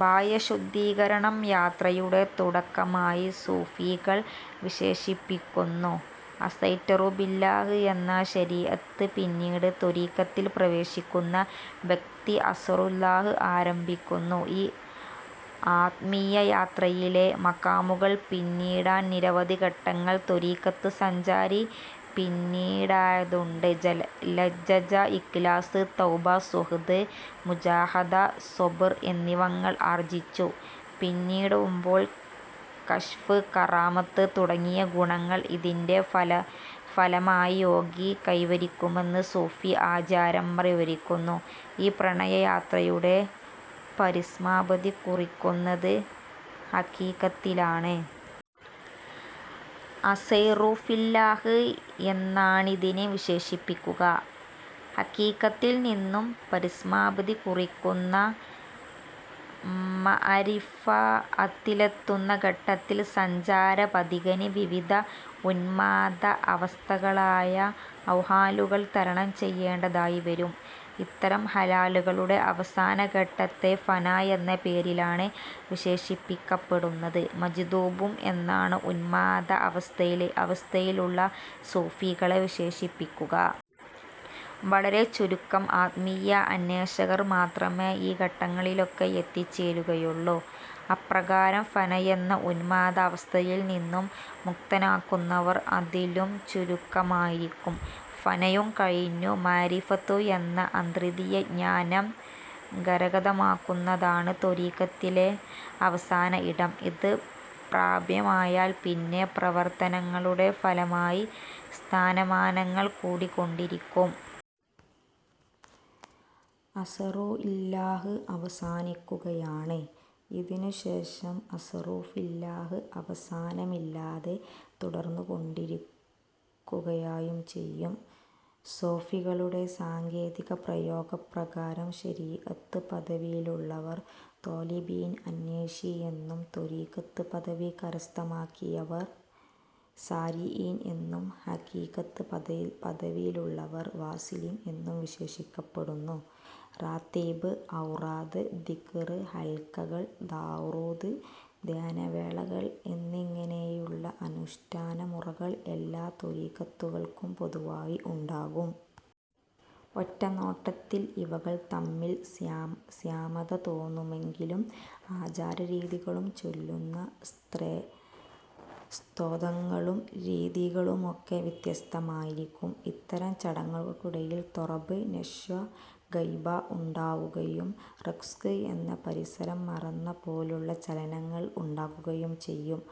ബാഹ്യശുദ്ധീകരണം യാത്രയുടെ തുടക്കമായി സൂഫികൾ വിശേഷിപ്പിക്കുന്നു. അസ്സൈറു ബില്ലാഹ് എന്ന ശരീഅത്ത് പിന്നിട്ട് ത്വരീഖത്തിൽ പ്രവേശിക്കുന്ന വ്യക്തി അസ്സൈറു ഇലല്ലാഹ് ആരംഭിക്കുന്നു. ഈ ആത്മീയ യാത്രയിലെ മഖാമുകൾ പിന്നിടാൻ നിരവധി ഘട്ടങ്ങൾ ത്വരീഖത്ത് സഞ്ചാരി പിന്നിണ്ടേണ്ടതായിട്ടുണ്ട് ലജ്ജ ഇഖ്ലാസ് തൗബ, സുഹ്ദ് മുജാഹദ, സ്വബ്ർ, എന്നിവകൾ ആർജ്ജിച്ചു പിന്നിടുമ്പോൾ കശ്ഫ്, കറാമത്ത് തുടങ്ങിയ ഗുണങ്ങൾ ഇതിൻറെ ഫലമായി യോഗി കൈവരിക്കുമെന്ന് സൂഫി ആചാര്യമാർ വിവരിക്കുന്നു ഈ പ്രണയ യാത്രയുടെ പരിസമാപ്തി കുറിക്കുന്നത് ഹഖീഖത്തിലാണ്. അസ്സൈറു ഫില്ലാഹ് എന്നാണിതിനെ വിശേഷിപ്പിക്കുക. ഹഖീഖത്തിൽ നിന്നും പരിസമാപ്തി കുറിക്കുന്ന മഅരിഫഅത്തിലെത്തുന്ന ഘട്ടത്തിൽ സഞ്ചാര പഥികന് വിവിധ ഉന്മാദ അവസ്ഥകളായ അഹ്വാൽലുകൾ തരണം ചെയ്യേണ്ടതായി വരും. ഇത്തരം ഹാലുകളുടെ അവസാന ഘട്ടത്തെ ഫന എന്ന പേരിലാണ് വിശേഷിപ്പിക്കപ്പടുന്നത്. മജ്ദൂബും എന്നാണ് ഉന്മാദ അവസ്ഥയിലുള്ള സൂഫികളെ വിശേഷിപ്പിക്കുക. വളരെ ചുരുക്കം ആത്മീയ അന്വേഷകർ മാത്രമേ ഈ ഘട്ടങ്ങളിലൊക്കെ എത്തിച്ചേരുകയുള്ളു. അപ്രകാരം ഫനയെന്ന ഉന്മാദ അവസ്ഥയിൽ നിന്നും മുക്തമാകുന്നവർ അതിലും ചുരുക്കമായിരിക്കും. ഫനയും കഴിഞ്ഞു മഅരിഫത്ത് എന്ന അതീന്ദ്രയ ജ്ഞാനം കരഗതമാകുന്നതാണ് ത്വരീഖത്തിലെ അവസാന ഇടം. ഇത് പ്രാപ്യമായാൽ പിന്നെ പ്രവർത്തനങ്ങളുടെ ഫലമായി സ്ഥാനമാനങ്ങൾ കൂടി കൊണ്ടിരിക്കും. അസ്സൈറു ഇലല്ലാഹ്' അവസാനിക്കുകയാണ്. ഇതിന്നു ശേഷം 'അസ്സൈറു ഫില്ലാഹ്' അവസാനമില്ലാതെ തുടർന്ന് കൊണ്ടിരിക്കുകായും ചെയ്യും. സ്വൂഫികളുടെ സാങ്കേതിക പ്രയോഗ പ്രകാരം ശരീഅത്ത് പദവിയിലുള്ളവർ ' ത്വാലിബീൻ' അന്വേഷി എന്നും, ത്വരീഖത്ത് പദവി കരസ്ഥമാക്കിയവർ 'സാ ഇരീൻ' എന്നും, ഹഖീഖത്ത് പദവിയിലുള്ളവർ 'വാസ്വിലീൻ' എന്നും വിശേഷിക്കപ്പെടുന്നു. റാത്തീബ്, ഔറാദ്, ദിഖ്ർ ഹൽഖകൾ, ദാറൂദ്, ധ്യാനവേളകൾ എന്നിങ്ങനെയുള്ള അനുഷ്ഠാന മുറകൾ എല്ലാ ത്വരീഖത്തുകൾക്കും പൊതുവായി ഉണ്ടാകും. ഒറ്റ നോട്ടത്തിൽ ഇവകൾ തമ്മിൽ സാമ്യത തോന്നുമെങ്കിലും ആചാര രീതികളും ചൊല്ലുന്ന സ്തോത്രങ്ങളും രീതികളുമൊക്കെ വ്യത്യസ്തമായിരിക്കും. ഇത്തരം ചടങ്ങുകൾക്കിടയിൽ ത്വറബ് നശ്വ ഗൈബ ഉണ്ടാവുകയും റഖ്സ്വ് എന്ന പരിസരം മറന്നെന്ന പോലുള്ള ചലനങ്ങൾ ഉണ്ടാകുകയും ചെയ്യും.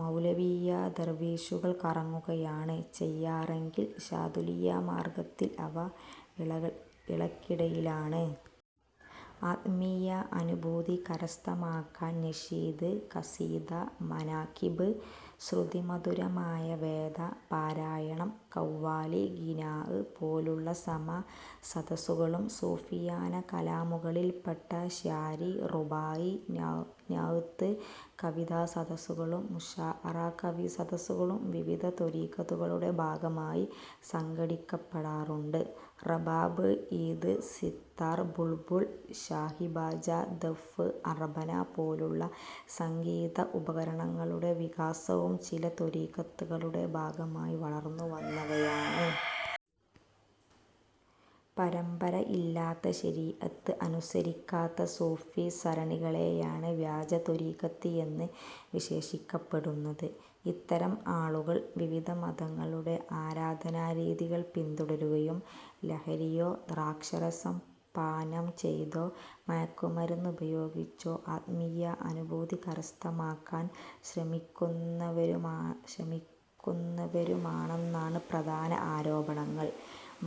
മൗലവിയ്യ ദർവീശുകൾ കറങ്ങുകയാണ് ചെയ്യാറെങ്കിൽ ശാദുലിയ്യ മാർഗ്ഗത്തിൽ അവ ഇളകിയാടലാണ്. ആത്മീയ അനുഭൂതി കരസ്ഥമാക്കാൻ നശീദ്, ഖസീദഃ, മനാഖിബ്, ശ്രുതിമധുരമായ വേദ പാരായണം, ഖവ്വാലി, ഗിനാഅ്, പോലുള്ള സമാഃ സദസ്സുകളും, സൂഫിയാന കലാമുകളിൽ പെട്ട ശ്യാരി, റുബായി, നഅ്ത്ത് കവിതാസദസ്സുകളും, മുശാഅറ കവി സദസ്സുകളും വിവിധ ത്വരീഖത്തുകളുടെ ഭാഗമായി സംഘടിക്കപ്പെടാറുണ്ട്. റബാബ്, ഊദ്, സിത്താർ, ബുൾബുൾ, ഷാഹിബാജ, ദഫ്, അറബന പോലുള്ള സംഗീത ഉപകരണങ്ങളുടെ വികാസവും ചില ത്വരീഖത്തുകളുടെ ഭാഗമായി വളർന്നു വന്നവയാണ്. പരമ്പര ഇല്ലാത്ത, ശരീഅത്ത് അനുസരിക്കാത്ത സൂഫി സരണികളെയാണ് വ്യാജ ത്വരീഖത്ത് എന്ന് വിശേഷിക്കപ്പെടുന്നത്. ഇത്തരം ആളുകൾ വിവിധ മതങ്ങളുടെ ആരാധനാ രീതികൾ പിന്തുടരുകയും ലഹരിയോ, ദ്രാക്ഷാരസം പാനം ചെയ്തോ, മയക്കുമരുന്നുപയോഗിച്ചോ ആത്മീയ അനുഭൂതി കരസ്ഥമാക്കാൻ ശ്രമിക്കുന്നവരുമാണെന്നാണ് പ്രധാന ആരോപണങ്ങൾ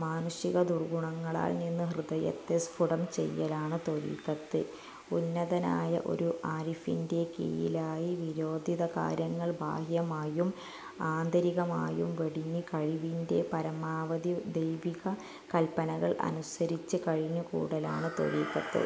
മാനുഷിക ദുർഗ്ഗുണങ്ങളിൽ നിന്ന് ഹൃദയത്തെ സ്ഫുടം ചെയ്യലാണ് ത്വരീഖത്ത് ഉന്നതനായ ഒരു ആരിഫിന്റെ കീഴിലായി വിരോധിത കാര്യങ്ങൾ ബാഹ്യമായും ആന്തരികമായും വെടിഞ്ഞ്, കഴിവിന്റെ പരമാവധി ദൈവിക കൽപ്പനകൾ അനുസരിച്ച് കഴിഞ്ഞുകൂടലാണ് ത്വരീഖത്ത്.